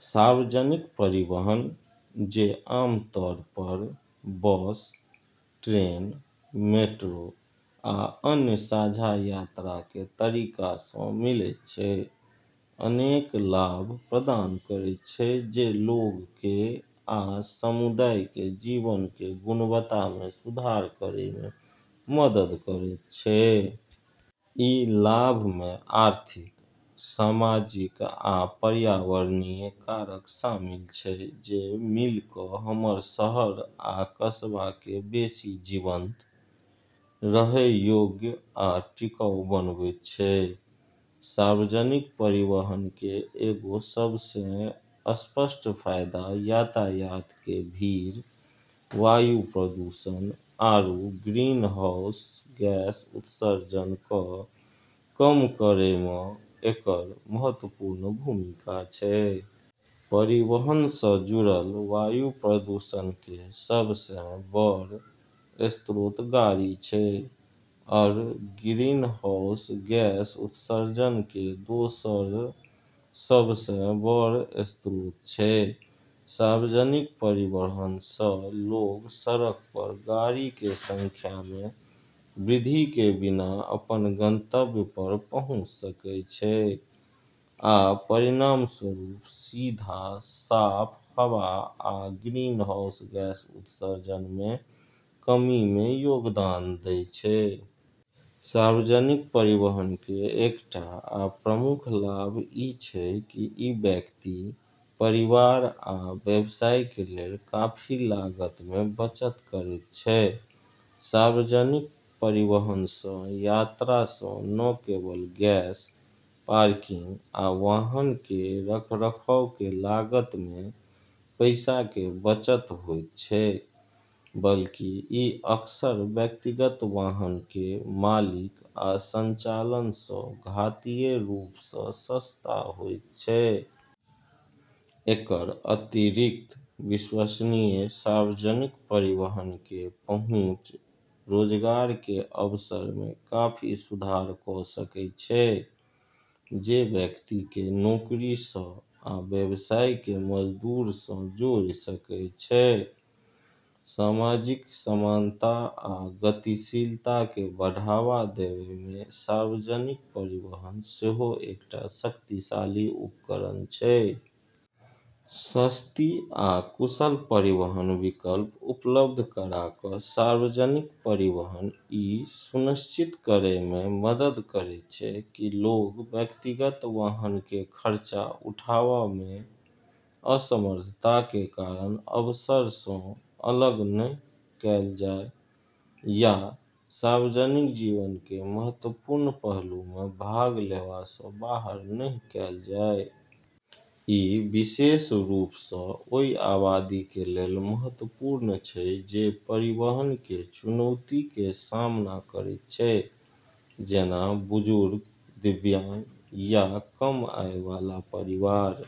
सार्वजनिक परिवहन, जे आमतौर पर बस, ट्रेन, मेट्रो, आ अन्य साझा यात्रा के तरीका सँ मिलैत छै, अनेक लाभ प्रदान करैत छै जे लोग के आ समुदाय के जीवन के गुणवत्ता मे सुधार करय मे मदद करैत छै। ई लाभ मे आर्थिक, सामाजिक आ पर्यावरणीय कारक शामिल छै जे मिल कऽ हमर शहर आ कस्बा के बेसि जीवंत, रहय योग्य आ टिकाऊ बनवैत छै। सार्वजनिक परिवहन के एगो सबसें स्पष्ट फायदा यातायात के भीड़, वायु प्रदूषण, आरू ग्रीनहाउस गैस उत्सर्जन क॑ कम करै म॑ एकर महत्वपूर्ण भूमिका छै। परिवहन सँ जुड़ल वायु प्रदूषण के सबसें बड़ऽ स्रोत गाड़ी छै आरू ग्रीनहाउस गैस उत्सर्जन के दोसरऽ सबसें बड़ऽ स्रोत छै। सार्वजनिक परिवहन सँ लोग सड़क पर गाड़ी के संख्या मे वृद्धि के बिना अपन गंतव्य पर पहुँच सकय छै आ परिणामस्वरूप, सीधा साफ हवा आ ग्रीनहाउस गैस उत्सर्जन मे कमी मे योगदान दै छै। सार्वजनिक परिवहन के एकटा आ प्रमुख लाभ ई छै की ई व्यक्ति, परिवार आ व्यवसाय के लेल काफी लागत मे बचत करैत छै। सार्वजनिक परिवहन सँ यात्रा सँ न केवल गैस, पार्किंग, आ वाहन के रखरखाव के लागत मे पैसा के बचत होयत छै, बल्कि ई अक्सर व्यक्तिगत वाहन के मालिक आ संचालन सँ घातीय रूप सँ सस्ता होयत छै। एकर अतिरिक्त, विश्वसनीय सार्वजनिक परिवहन के पहुँच रोजगार के अवसर मे काफी सुधार कऽ सकय छै, जे व्यक्ति के नौकरी सँ आ व्यवसाय के मजदूर सँ जोड़ सकय छै। सामाजिक समानता आ गतिशीलता के बढ़ावा देवय मे सार्वजनिक परिवहन सेहो एकटा शक्तिशाली उपकरण छै। सस्ती आ कुशल परिवहन विकल्प उपलब्ध करा कऽ सार्वजनिक परिवहन ई सुनिश्चित करय मे मदद करैत छै की लोग व्यक्तिगत वाहन के खर्चा उठावा मे असमर्थता के कारण अवसर सँ अलग नहि कैल जाइ या सार्वजनिक जीवन के महत्वपूर्ण पहलू मे भाग लेवा सँ बाहर नहि कैल जाइ। ई विशेष रूप सँ ओय आबादी के लेल महत्वपूर्ण छै जे परिवहन के चुनौती के सामना करैत छै, जेना बुजुर्ग, दिव्यांग, या कम आय वाला परिवार।